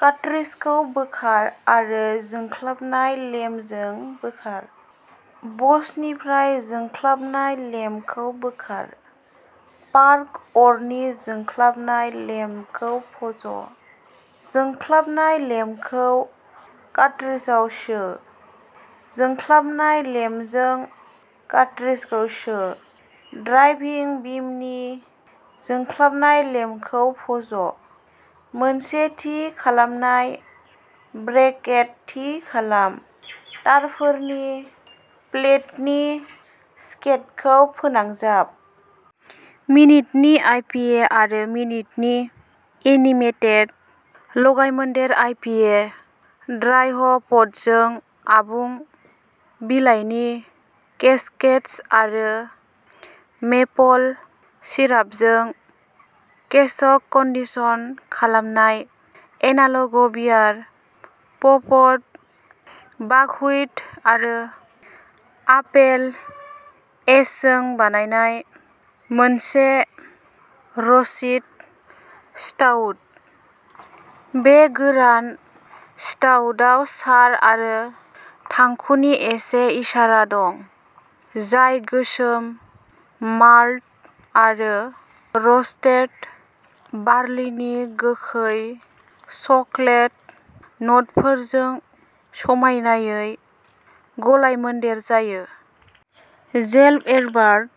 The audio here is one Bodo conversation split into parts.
कार्ट्रिज खौ बोखार आरो जोंख्लाबनाय लेम्पजों बोखार। बसनिफ्राय जोंख्लाबनाय लेम्पखौ बोखार। पार्किं अरनि जोंख्लाबनाय लेम्पखौ फज'। जोंख्लाबनाय लेम्पखौ कार्ट्रिजआव सो। जोंख्लाबनाय लेम्पजों कार्ट्रिजखौ सो। ड्राइभिं बिमनि जोंख्लाबनाय लेम्पखौ फज'। मोनसे थि खालामनाय ब्रेकेट थि खालाम, तारफोरनि प्लेतनि सकेटखौ फोनांजाब।.। मिनिटनि आइपिएः आरो मिनिटनि एनिमेटेड गलायमोन्देर आइपिए ड्राइ-ह'प्डजों आबुं बिलाइनि केस्केड्स आरो मेपल सिरापजों केस्क-कन्डिसन खालामनाय। एनाल'ग बियारः पप्ड बाकहुइट आरो आपेल एशजों बानायनाय मोनसे र'स्टि स्टाउट। बे गोरान स्टाउटआव चार आरो थांखुनि एसे इसारा दं जाय गोसोम माल्ट आरो र'स्टेड बार्लिनि गोखै चकलेट न'टफोरजों समायनायै गलायमोन्देर जायो। जेफ एल्बार्ट,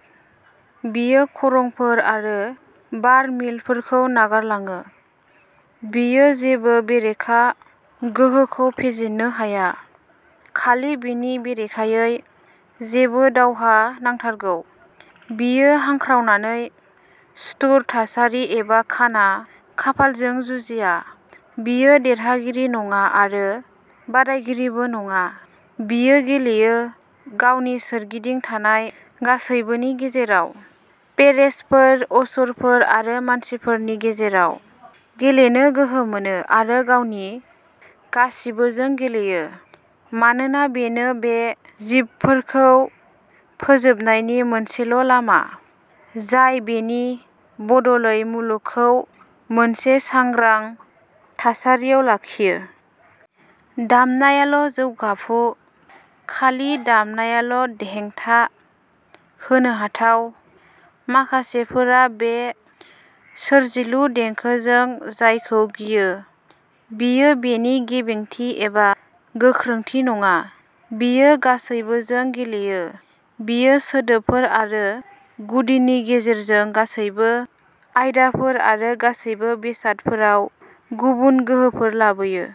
बियो खरंफोर आरो बार-मिलफोरखौ नागारलाङो, बियो जेबो बेरेखा गोहोखौ फेजेननो हाया। खालि, बिनि बेरेखायै जेबो दावहा नांथारगौ। बियो हांख्रावनानै सुथुर थासारि एबा खाना खाफालजों जुजिया; बियो देरहागिरि नङा आरो बादायगिरिबो नङा-बियो गेलेयो, गावनि सोरगिदिं थानाय गासैबोनि गेजेराव, फेरेश्तफोर, असुरफोर आरो मानसिफोरनि गेजेराव गेलेनो गोहो मोनो, आरो गावनि गासिबोजों गेलेयो, मानोना बेनो बे जिबफोरखौ फोजाबनायनि मोनसेल'लामा, जाय बेनि बदलै मुलुगखौ मोनसे सांग्रां थासारियाव लाखियो। दामनायाल'जौगाफु, खालि दामनायाल'हेंथा होनो हाथाव। माखासेफोरा बे "सोरजिलु" देंखोजों जायखौ गियो, बेयो बेनि गेबेंथि एबा गोख्रोंथि नङा, बेयो गासैबोजों गेलेयो, बेयो सोदोबफोर आरो गुदिनि गेजेरजों गासैबो आयदाफोर आरो गासैबो बेसादफोराव गुबुन गोहोफोर लाबोयो।